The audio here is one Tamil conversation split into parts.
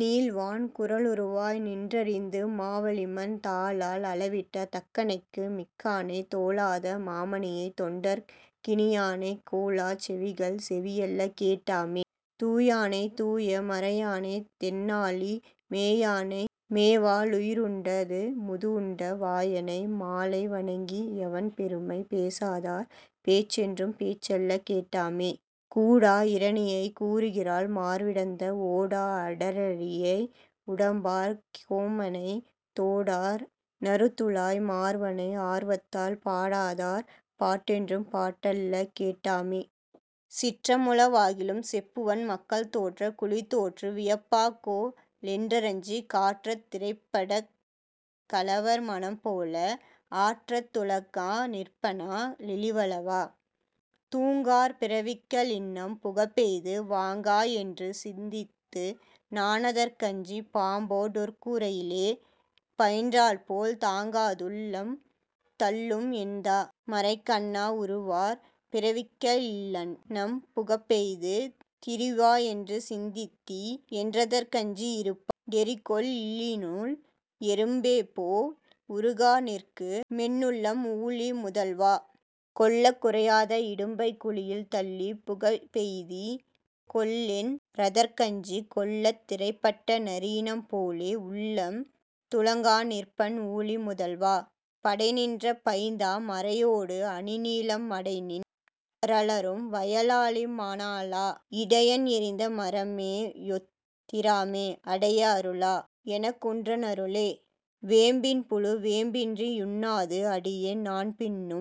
நீள்வான் குறளுருவாய் நின்றிரந்து மாவலிமண், தாளால் அளவிட்ட தக்கணைக்கு மிக்கானை, தோளாத மாமணியைத் தொண்டர்க் கினியானை, கேளாச் செவிகள் செவியல்ல கேட்டாமே. தூயானைத் தூய மறையானை, தென்னாலி மேயானை மேவா ளுயிருண் டமுதுண்ட வாயானை, மாலை வணங்கி யவன்பெருமை, பேசாதார் பேச்சென்றும் பேச்சல்ல கேட்டாமே. கூடா இரணியனைக் கூருகிரால் மார்விடந்த, ஓடா அடலரியை உம்பரார் கோமனை, தோடார் நறுந்துழாய் மார்வனை, ஆர்வத்தால் பாடாதார் பாட்டென்றும் பாட்டல்ல கேட்டாமே. சீற்றமுள வாகிலும் செப்புவன், மக்கள் தோற்றக் குழிதோற்று விப்பாய்கொ லென்றஞ்சி, காற்றத் திடைப்பட்ட கலவர் மனம்போல, ஆற்றத் துளங்கா நிற்பனா ழிவலவா.. தூங்கார் பிறவிக்க ளின்னம் புகப்பெய்து, வாங்காயென்று சிந்தித்து நானதற் கஞ்சி, பாம்போ டொருகூ ரையிலே பயின்றாற்போல், தாங்காதுள் ளம்தள்ளும் என்தா மரைக்கண்ணா.. உருவார் பிறவிக்க ளின்னம் புகப்பெய்து, திரிவாயென்று சிந்தித்தி யென்றதற் கஞ்சி, இருபா டெரிகொள் ளியினுள் எறும்பேபோல், உருகாநிற்கு மென்னுள்ளம் ஊழி முதல்வா.. கொள்ளக் குறையாத இடும்பைக் குழியில், தள்ளி புகப்பெய்தி கொல்லின் அதற்கஞ்சி, வெள்ளத் திடைப்பட்ட நரியினம் போலே, உள்ளம் துளங்காநிற்பன் ஊழி முதல்வா.. படைநின்ற பைந்தா மரையோடு அணிநீலம் மடைநின் றலரும் வயலாலி மணாளா, இடையன் எறிந்த மரமேயொத் திராமே, அடைய அருளா யெனக்குன்ற னருளே. வேம்பின்புழு வேம்பின்றி யுண்ணாது, அடியேன் நான்பின்னு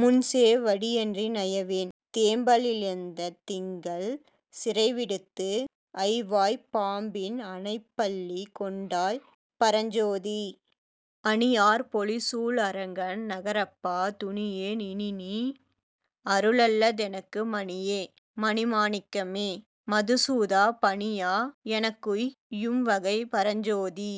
முன்சே வடியன்றி நயவேன், தேம்பலிளந் திங்கள் சிறைவிடுத்து, ஐவாய்ப் பாம்பின் அணைப்பள்ளி கொண்டாய் பரஞ்சோதீ.. அணியார் பொழில்சூழ் அரங்க நகரப்பா, துணியேன் இனிநின் அருளல்ல தெனக்கு, மணியே. மணிமா ணிக்கமே. மதுசூதா, பணியா யெனக்குய் யும்வகை, பரஞ்சோதீ.